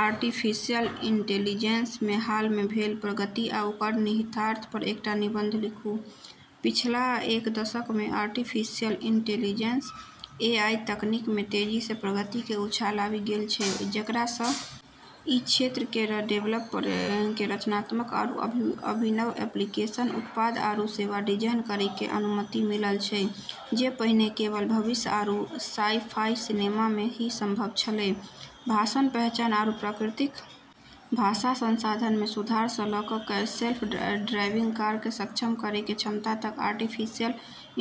Artificial intelligence मे हाल मे भेल प्रगति आ ओकर निहितार्थ पर एकटा निबंध लिखू, पिछला एक दशक मे आर्टिफिशियल इंटेलिजेंस एआई तकनीक मे तेजी से प्रगति के उछाल आबी गेलऽ छै जेकरा से ई क्षेत्र केरऽ डेवलपर के रचनात्मक आरू अभिनव एप्लीकेशन, उत्पाद, आरू सेवा डिजाइन करै के अनुमति मिललऽ छै जे पहिने केवल भविष्य आरू साइ-फाई सिनेमा मे ही संभव छेलै, भाषण पहचान आरू प्राकृतिक भाषा संसाधन मे सुधार स ल कै सेल्फ ड्राइविंग कार क सक्षम करै के क्षमता तक आर्टिफिशियल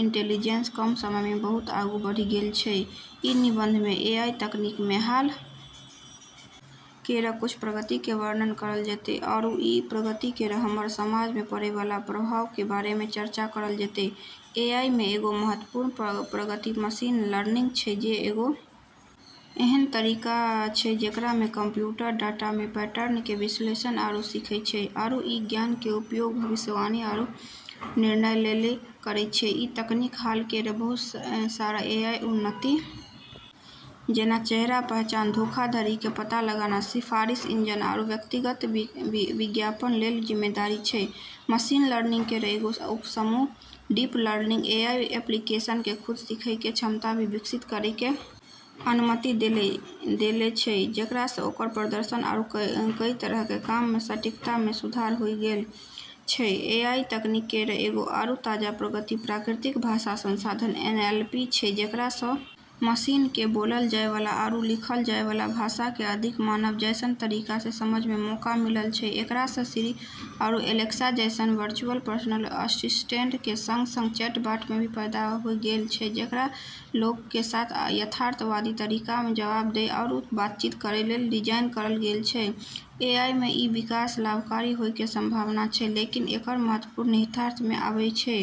इंटेलिजेंस कम समय मे बहुत आगू बढ़ी गेलऽ छै, ई निबंध मे एआई तकनीक मे हाल केरऽ कुछ प्रगति के वर्णन करलऽ जैतै आरू ई प्रगति केरऽ हमरऽ समाज पे पड़ै वाला प्रभाव के बारे मे चर्चा करलऽ जैतै, एआई मे एगो महत्वपूर्ण प्रगति मशीन लर्निंग छै जे एगो ऐन्हऽ तरीका छै जेकरा मे कंप्यूटर डाटा से पैटर्न के विश्लेषण आरू सीखै छै आरू उ ज्ञान के उपयोग भविष्यवाणी आरू निर्णय लेली करै छै, ई तकनीक हाल केरऽ बहुत सारा एआई उन्नति जेना चेहरा पहचान, धोखाधड़ी के पता लगाना, सिफारिश इंजन आरू व्यक्तिगत विज्ञापन लेली जिम्मेदार छै, मशीन लर्निंग केरऽ एगो उपसमूह डीप लर्निंग एआई एप्लीकेशन के खुद सीखै के क्षमता भी विकसित करै के अनुमति देले छै जेकरा से ओकरऽ प्रदर्शन आरू कई तरह के काम मे सटीकता मे सुधार होय गेलऽ छै, एआई तकनीक केरऽ एगो आरू ताजा प्रगति प्राकृतिक भाषा संसाधन एनएलपी छै जेकरा स मशीनऽ के बोललऽ जाय वाला आरू लिखलऽ जाय वाला भाषा के अधिक मानव जैसनऽ तरीका से समझ के मौका मिललऽ छै, एकरा से सिरी आरू एलेक्सा जैसनऽ वर्चुअल पर्सनल असिस्टेंट के संग-संग चैटबॉट भी पैदा होय गेलऽ छै जेकरा लोगऽ के साथ यथार्थवादी तरीका से जवाब दै आरू बातचीत करै लेली डिजाइन करलऽ गेलऽ छै, एआई मे ई विकास लाभकारी होय के संभावना छै, लेकिन एकरऽ महत्वपूर्ण निहितार्थ भी आबै छै।